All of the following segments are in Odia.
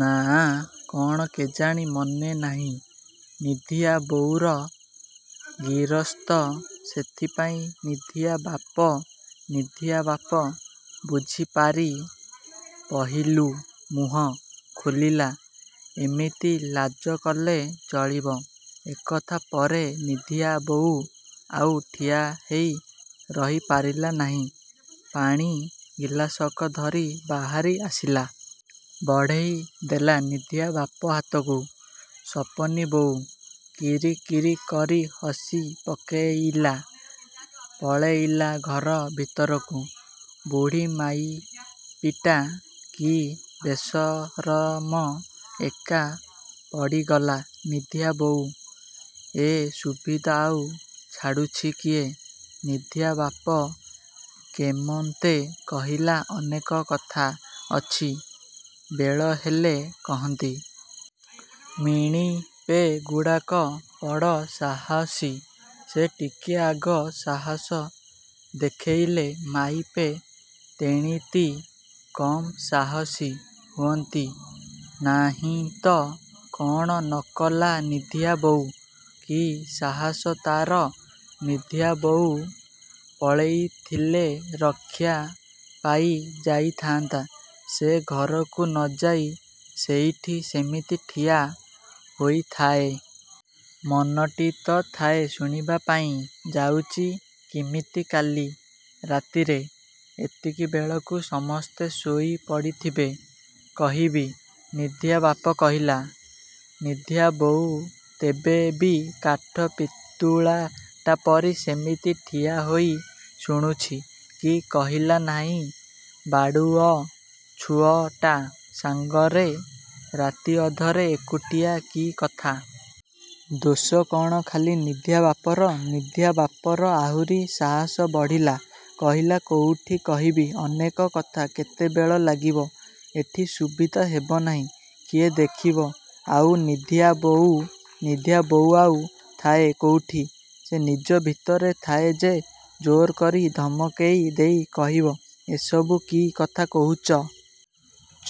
ନାଆଁ କ'ଣ କେଜାଣି ମନେ ନାହିଁ। ନିଧିଆ ବୋଉର ଗିରସ୍ତ, ସେଥିପାଇଁ ନିଧିଆ ବାପ। ନିଧିଆ ବାପ ବୁଝିପାରି ପହିଲୁ ମୁହଁ ଖୋଲିଲା''ଏମିତି ଲାଜକଲେ ଚଳିବ? '' ଏକଥା ପରେ ନିଧିଆବୋଉ ଆଉ ଠିଆ ହେଇ ରହି ପାରିଲାନାହିଁ। ପାଣି ଗିଲାସକ ଧରି ବାହାରି ଆସିଲା। ବଢ଼େଇ ଦେଲା ନିଧିଆବାପ ହାତକୁ। ସପନୀବୋଉ କିରି କିରି କରି ହସି ପକେଇଲା। ପଳେଇଲା ଘର ଭିତରକୁ। ବୁଢ଼ୀ ମାଇପିଟା। କି ବେସରମ। ଏକା ପଡ଼ିଗଲା ନିଧିଆ ବୋଉ। ଏ ସୁବିଧା ଆଉ ଛାଡ଼ୁଛି କିଏ? ନିଧିଆବାପ କେମନ୍ତେ କହିଲା ଅନେକ କଥା ଅଛି ବେଳହେଲେ କହନ୍ତି। ମିଣିପେଗୁଡ଼ାକ ବଡ଼ ସାହସୀ। ସେ ଟିକିଏ ଆଗ ସାହସ ଦେଖେଇଲେ ମାଇପେ ତେଣିତି କମ୍ ସାହସୀ ହୁଅନ୍ତି ନାହିଁତ! କ'ଣ ନକଲା ନିଧିଆ ବୋଉ। କି ସାହସ ତା'ର! ନିଧିଆବୋଉ ପଳେଇଥିଲେ ରକ୍ଷା ପାଇ ଯାଇଥାନ୍ତା। ସେ ଘରକୁ ନଯାଇ ସେଇଠି ସେମିତି ଠିଆ ହୋଇଥାଏ। ମନଟି ତ ଥାଏ ଶୁଣିବାପାଇଁ ଯାଉଚି କିମିତି। ''କାଲି ରାତିରେ ଏତିକିବେଳକୁ ସମସ୍ତେ ଶୋଇ ପଡ଼ିଥିବେ କହିବି। '' ନିଧିଆ ବାପ କହିଲା। ନିଧିଆବୋଉ ତେବେବି କାଠ ପିତୁଳାଟାପରି ସେମିତି ଠିଆ ହୋଇ ଶୁଣୁଛି। କି କହିଲାନାହିଁ ବାଡ଼ୁଅ ଝୁଅଟା ସାଙ୍ଗରେ ରାତିଅଧରେ ଏକୁଟିଆ କି କଥା! ଦୋଷ କ'ଣ ଖାଲି ନିଧିଆବାପର! ନିଧିଆବାପର ଆହୁରି ସାହସ ବଢ଼ିଲା। କହିଲା''କୋଉଠି କହିବି? ଅନେକ କଥା କେତେବେଳ ଲାଗିବ। ଏଠି ସୁବିଧା ହେବ ନାହିଁ। କିଏ ଦେଖିବ। '' ଆଉ ନିଧିଆ ବୋଉ! ନିଧିଆବୋଉ ଆଉ ଥାଏ କୋଉଠି। ସେ ନିଜଭିତରେ ଥାଏ ଯେ ଜୋର୍ କରି ଧମକେଇ ଦେଇ କହିବ ଏସବୁ କି କଥା କହୁଚ?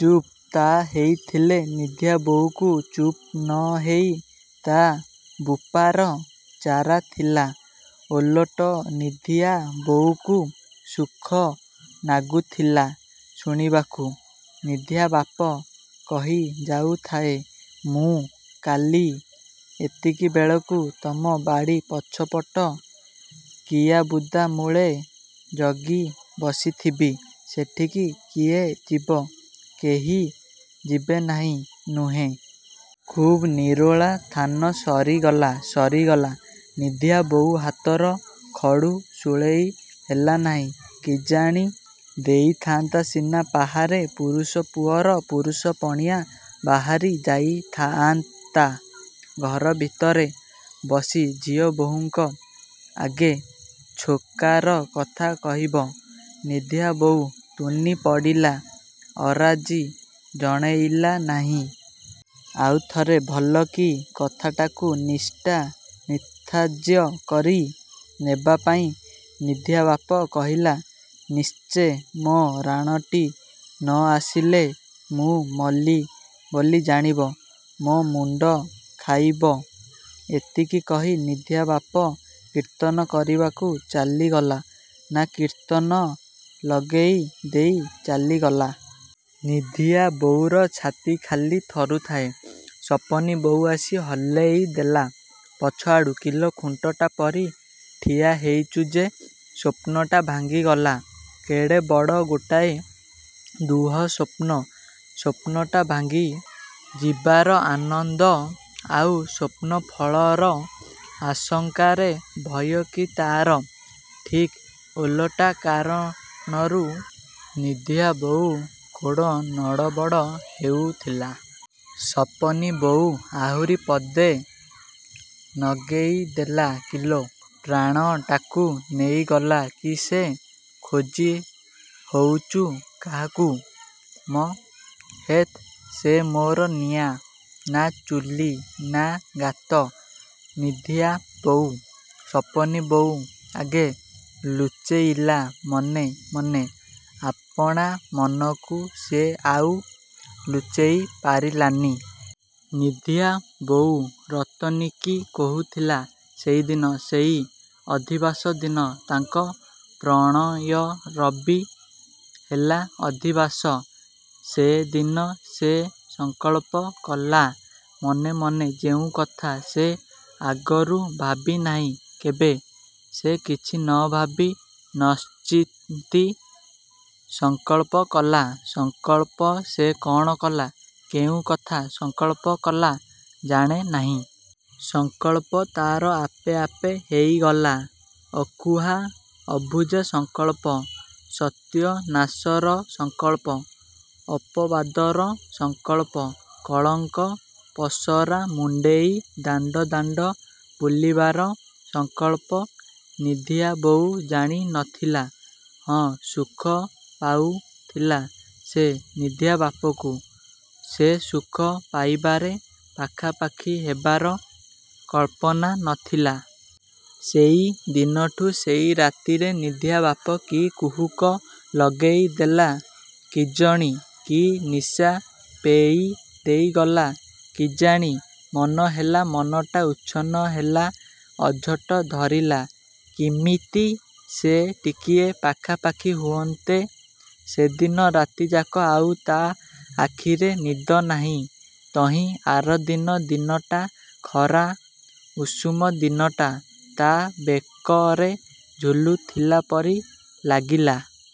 ଚୁପ୍। ତା' ହେଇଥିଲେ ନିଧିଆବୋଉକୁ ଚୁପ୍ ନ ହେଇ ତା' ବୁପାର ଚାରା ଥିଲା? ଓଲଟ ନିଧିଆ ବୋଉକୁ ସୁଖ ନାଗୁଥିଲା ଶୁଣିବାକୁ। ନିଧିଆବାପ କହିଯାଉଥାଏ ''ମୁଁ କାଲି ଏତିକିବେଳକୁ ତମ ବାଡ଼ି ପଛପଟ କିଆବୁଦା ମୂଳେ ଜଗିବସିଥିବି। ସେଠିକି କିଏ ଯିବ? କେହି ଯିବେ ନାହିଁ, ନୁହେଁ? ଖୁବ୍ ନିରୋଳା ଥାନ '' ସରିଗଲା ସରିଗଲା। ନିଧିଆବୋଉ ହାତର ଖଡ଼ୁ ଶୂଳେଇ ହେଲାନାହିଁ କିଜାଣି। ଦେଇଥାନ୍ତା ସିନା ପାହାରେ ପୁରୁଷପୁଅର ପୁରୁଷପଣିଆ ବାହାରି ଯାଇ ଥାଆନ୍ତା। ଘର ଭିତରେ ବସି ଝିଅବହୂଙ୍କ ଆଗେ ଛୋକାର କଥା କହିବ। ନିଧିଆବୋଉ ତୁନିପଡ଼ିଲା। ଅରାଜି ଜଣେଇଲା ନାହିଁ। ଆଉ ଥରେ ଭଲକି କଥାଟାକୁ ନିଷ୍ଠା ନିଧାର୍ଯ୍ୟ କରି ନେବାପାଇଁ ନିଧିଆବାପ କହିଲା 'ନିଶ୍ଚେ ମୋ ରାଣଟି ନ ଆସିଲେ ମୁଁ ମଲି ବୋଲି ଜାଣିବ ମୋ ମୁଣ୍ଡ ଖାଇବ। ' ଏତିକି କହି ନିଧିଆବାପ କୀର୍ତ୍ତନ କରିବାକୁ ଚାଲିଗଲା ନା କୀର୍ତ୍ତନ ଲଗେଇ ଦେଇ ଚାଲିଗଲା। ନିଧିଆବୋଉର ଛାତି ଖାଲି ଥରୁଥାଏ ସପନୀବୋଉ ଆସି ହଲେଇ ଦେଲା ପଛଆଡ଼ୁ''କିଲୋ ଖୁଣ୍ଟଟା ପରି ଠିଆହେଇଚୁ ଯେ। '' ସ୍ୱପ୍ନଟା ଭାଙ୍ଗିଗଲା। କେଡ଼େ ବଡ଼ ଗୋଟାଏ ଦୁଃସ୍ୱପ୍ନ। ସ୍ୱପ୍ନଟା ଭାଙ୍ଗି ଯିବାର ଆନନ୍ଦ ଆଉ ସ୍ୱପ୍ନଫଳର ଆଶଙ୍କାରେ ଭୟ କି ତା'ର ଠିକ୍ ଓଲଟା କାରଣରୁ ନିଧିଆବୋଉ ଗୋଡ଼ ନଡ଼ବଡ଼ ହେଉଥିଲା। ସପନୀବୋଉ ଆହୁରି ପଦେ ନଗେଇଦେଲା''କିଲୋ? ପ୍ରାଣଟାକୁ ନେଇଗଲା କି ସେ? ଖୋଜି ହଉଚୁ କାହାକୁ ମ! '' ''ଧେତ୍, ସେ ମୋର ନିଆଁ ନା ଚୁଲି ନା ଗାତ? ''। ନିଧିଆବୋଉ ସପନୀବୋଉ ଆଗେ ଲୁଚେଇଲା ମନେ ମନେ। ଆପଣାମନକୁ ସେ ଆଉ ଲୁଚେଇ ପାରିଲାନି। ନିଧିଆବୋଉ ରତନୀକି କହୁଥିଲା ସେଇଦିନ ସେଇ ଅଧିବାସ ଦିନ ତାଙ୍କ ପ୍ରଣୟରବି ହେଲା ଅଧିବାସ। ସେଦିନ ସେ ସଂକଳ୍ପ କଲା ମନେ ମନେ ଯେଉଁକଥା ସେ ଆଗରୁ ଭାବିନାହିଁ କେବେ ସେ କିଛି ନ ଭାବି ନଚିନ୍ତି ସଂକଳ୍ପ କଲା। ସଂକଳ୍ପ ସେ କ'ଣ କଲା, କେଉଁ କଥା ସଂକଳ୍ପ କଲା ଜାଣେ ନାହିଁ। ସଂକଳ୍ପ ତା'ର ଆପେ ଆପେ ହେଇଗଲା। ଅକୁହା, ଅବୁଝା ସଂକଳ୍ପ। ସତ୍ୟାନାଶର ସଂକଳ୍ପ ଅପବାଦର ସଂକଳ୍ପ କଳଙ୍କ ପଶରା ମୁଣ୍ଡେଇ ଦାଣ୍ଡ ଦାଣ୍ଡ ବୁଲିବାର ସଂକଳ୍ପ ନିଧିଆବୋଉ ଜାଣି ନଥିଲା। ହଁ, ସୁଖପାଉଥିଲା ସେ ନିଧିଆବାପକୁ। ସେ ସୁଖ ପାଇବାରେ ପାଖାପାଖି ହେବାର କଳ୍ପନା ନଥିଲା। ସେଇଦିନଠୁ, ସେଇ ରାତିରେ ନିଧିଆବାପ କି କୁହୁକ ଲଗେଇ ଦେଲା କିଜଣି, କି ନିଶା ପେଇ ଦେଇଗଲା କିଜାଣି, ମନହେଲା, ମନଟା ଉଚ୍ଛନ୍ନ ହେଲା, ଅଝଟ ଧରିଲା, କିମିତି ସେ ଟିକିଏ ପାଖାପାଖି ହୁଅନ୍ତେ। ସେଦିନ ରାତିଯାକ ଆଉ ତା' ଆଖିରେ ନିଦନାହିଁ। ତହିଁଆରଦିନ ଦିନଟା, ଖରା ଉଷୁମ ଦିନଟା ତା' ବେକରେ ଝୁଲୁଥିଲା ପରି ଲାଗିଲା।